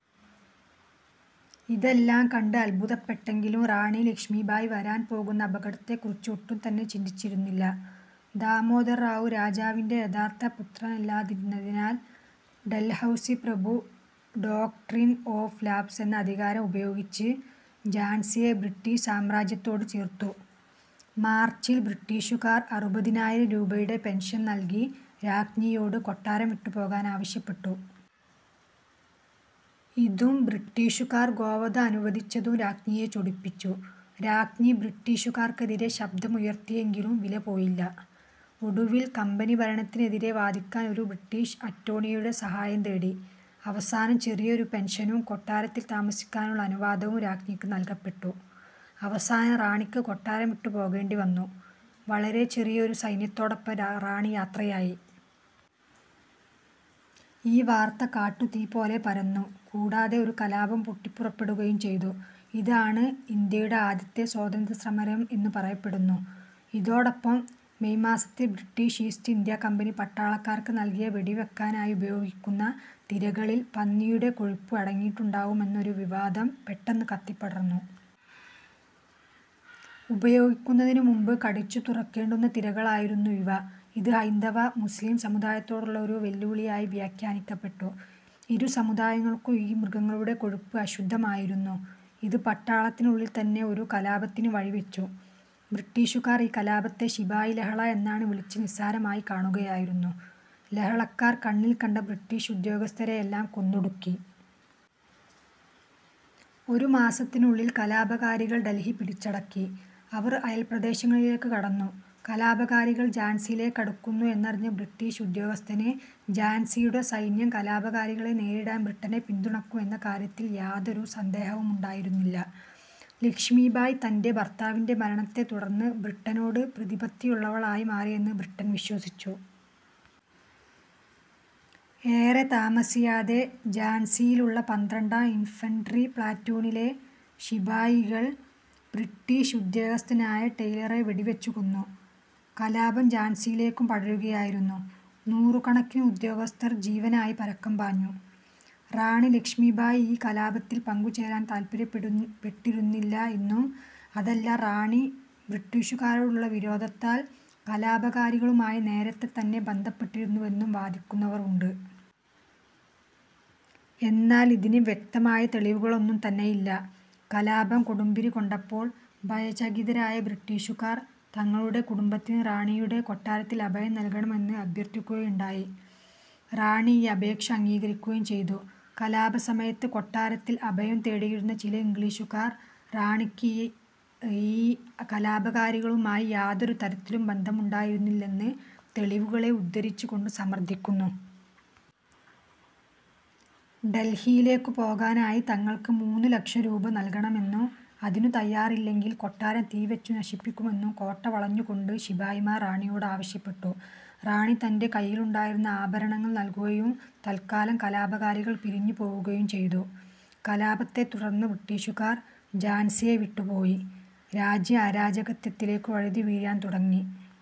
ഇതെല്ലാം കണ്ട് അത്ഭുതപ്പെട്ടെങ്കിലും റാണീ ലക്ഷ്മീബായി വരാൻ പോകുന്ന അപകടത്തെക്കുറിച്ച് ഒട്ടും തന്നെ ചിന്തിച്ചിരുന്നില്ല. ദാമോദർ റാവു രാജാവിന്റെ യഥാർത്ഥ പുത്രനല്ലാതിരുന്നതിനാൽ ഡൽഹൗസി പ്രഭു ഡോക്ട്രിൻ ഓഫ് ലാപ്സ് എന്ന അധികാരം ഉപയോഗിച്ച് ജാൻസിയെ ബ്രിട്ടീഷ് സാമ്രാജ്യത്തോട് ചേർത്തു. മാർച്ചിൽ ബ്രിട്ടീഷുകാർ അറുപതിനായിരം രൂപയുടെ പെൻഷൻ നൽകി രാജ്ഞിയോട് കൊട്ടാരം വിട്ടുപോകാനാവശ്യപ്പെട്ടു. ഇതും ബ്രിട്ടീഷുകാർ ഗോവധം അനുവദിച്ചതും രാജ്ഞിയെ ചൊടിപ്പിച്ചു. രാജ്ഞി ബ്രിട്ടീഷുകാർക്കെതിരെ ശബ്ദമുയർത്തിയെങ്കിലും വിലപ്പോയില്ല. ഒടുവിൽ കമ്പനിഭരണത്തിനെതിരെ വാദിക്കാൻ ഒരു ബ്രിട്ടീഷ് അറ്റോർണിയുടെ സഹായം തേടി. അവസാനം ചെറിയൊരു പെൻഷനും കൊട്ടാരത്തിൽ താമസിക്കാനുള്ള അനുവാദവും രാജ്ഞിക്ക് നൽകപ്പെട്ടു. അവസാനം റാണിക്ക് കൊട്ടാരം വിട്ടു പോകേണ്ടി വന്നു. വളരെ ചെറിയ ഒരു സൈന്യത്തോടൊപ്പം റാണി യാത്രയായി. ഈ വാർത്ത കാട്ടു തീപോലെ പരന്നു, കൂടാതെ ഒരു കലാപം പൊട്ടിപ്പുറപ്പെടുകയും ചെയ്തു. ഇതാണ് ഇന്ത്യയുടെ ആദ്യത്തെ സ്വാതന്ത്ര്യ സമരം എന്ന് പറയപ്പെടുന്നു. ഇതോടൊപ്പം മെയ് മാസത്തിൽ ബ്രിട്ടീഷ് ഈസ്റ്റ് ഇന്ത്യ കമ്പനി പട്ടാളക്കാർക്ക് നൽകിയ വെടിവെക്കാനായി ഉപയോഗിക്കുന്ന തിരകളിൽ പന്നിയുടെ കൊഴുപ്പ് അടങ്ങിയിട്ടുണ്ടാവുമെന്ന ഒരു വിവാദം പെട്ടെന്ന് കത്തിപ്പടർന്നു. ഉപയോഗിക്കുന്നതിനു മുമ്പ് കടിച്ചു തുറക്കേണ്ടുന്ന തിരകളായിരുന്നു ഇവ. ഇത് ഹൈന്ദവ, മുസ്ലീം സമുദായത്തോടുള്ള ഒരു വെല്ലുവിളിയായി വ്യാഖ്യാനിക്കപ്പെട്ടു. ഇരു സമുദായങ്ങൾക്കും ഈ മൃഗങ്ങളുടെ കൊഴുപ്പ് അശുദ്ധമായിരുന്നു. ഇത് പട്ടാളത്തിനുള്ളിൽ തന്നെ ഒരു കലാപത്തിനു വഴിവെച്ചു. ബ്രിട്ടീഷുകാർ ഈ കലാപത്തെ ശിപായിലഹള എന്നാണ് വിളിച്ച് നിസ്സാരമായികാണുകയായിരുന്നു. ലഹളക്കാർ കണ്ണിൽകണ്ട ബ്രിട്ടീഷ് ഉദ്യോഗസ്ഥരേയെല്ലാം കൊന്നൊടുക്കി. ഒരു മാസത്തിനുള്ളിൽ കലാപകാരികൾ ഡെൽഹി പിടിച്ചടക്കി. അവർ അയൽപ്രദേശങ്ങളിലേക്ക് കടന്നു. കലാപകാരികൾ ജാൻസിയിലേക്കടുക്കുന്നു എന്നറിഞ്ഞ ബ്രിട്ടീഷ് ഉദ്യോഗസ്ഥന് ജാൻസിയുടെ സൈന്യം കലാപകാരികളെ നേരിടാൻ ബ്രിട്ടനെ പിന്തുണക്കും എന്ന കാര്യത്തിൽ യാതൊരു സന്ദേഹവുമുണ്ടായിരുന്നില്ല. ലക്ഷ്മീബായി തന്റെ ഭർത്താവിന്റെ മരണത്തെ തുടർന്ന് ബ്രിട്ടനോട് പ്രതിപത്തിയുള്ളവളായി മാറിയെന്ന് ബ്രിട്ടൻ വിശ്വസിച്ചു. ഏറെ താമസിയാതെ ജാൻസിയിലുള്ള പന്ത്രണ്ടാം ഇൻഫൻട്രി പ്ലാറ്റൂണിലെ ശിപായികൾ ബ്രിട്ടീഷ് ഉദ്യോഗസ്ഥനായ ടെയ്ലറെ വെടിവെച്ചു കൊന്നു. കലാപം ജാൻസിയിലേക്കും പടരുകയായിരുന്നു. നൂറുകണക്കിനു ഉദ്യോഗസ്ഥർ ജീവനായി പരക്കം പാഞ്ഞു. റാണി ലക്ഷ്മീബായി ഈ കലാപത്തിൽ പങ്കുചേരാൻ താൽപര്യപ്പെടുന്നു പെട്ടിരുന്നില്ല എന്നും അതല്ല റാണി ബ്രിട്ടീഷുകാരോടുള്ള വിരോധത്താൽ കലാപകാരികളുമായി നേരത്തേ തന്നെ ബന്ധപ്പെട്ടിരുന്നുവെന്നും വാദിക്കുന്നവർ ഉണ്ട്. എന്നാൽ ഇതിന് വ്യക്തമായ തെളിവുകളൊന്നും തന്നെയില്ല. കലാപം കൊടുമ്പിരിക്കൊണ്ടപ്പോൾ ഭയചകിതരായ ബ്രിട്ടീഷുകാർ തങ്ങളുടെ കുടുംബത്തിന് റാണിയുടെ കൊട്ടാരത്തിൽ അഭയം നൽകണമെന്ന് അഭ്യർത്ഥിക്കുകയുണ്ടായി. റാണി ഈ അപേക്ഷ അംഗീകരിക്കുകയും ചെയ്തു. കലാപസമയത്ത് കൊട്ടാരത്തിൽ അഭയം തേടിയിരുന്ന ചില ഇംഗ്ലീഷുകാർ റാണിക്ക് ഈ ഈ കലാപകാരികളുമായി യാതൊരു തരത്തിലും ബന്ധമുണ്ടായിരുന്നില്ലെന്ന് തെളിവുകളെ ഉദ്ധരിച്ചുകൊണ്ട് സമർത്ഥിക്കുന്നു. ഡെൽഹിയിലേക്കു പോകാനായി തങ്ങൾക്ക് മൂന്നു ലക്ഷം രൂപ നൽകണമെന്നും അതിനു തയ്യാറായില്ലെങ്കിൽ കൊട്ടാരം തീവെച്ചു നശിപ്പിക്കുമെന്നും കോട്ട വളഞ്ഞുകൊണ്ട് ശിപായിമാർ റാണിയോട് ആവശ്യപ്പെട്ടു. റാണി തന്റെ കയ്യിലുണ്ടായിരുന്ന ആഭരണങ്ങൾ നൽകുകയും തൽക്കാലം കലാപകാരികൾ പിരിഞ്ഞുപോവുകയും ചെയ്തു. കലാപത്തെതുടർന്ന് ബ്രിട്ടീഷുകാർ ജാൻസിയെ വിട്ടുപോയി, രാജ്യം അരാജകത്വത്തിലേക്കു വഴുതിവീഴാൻ തുടങ്ങി.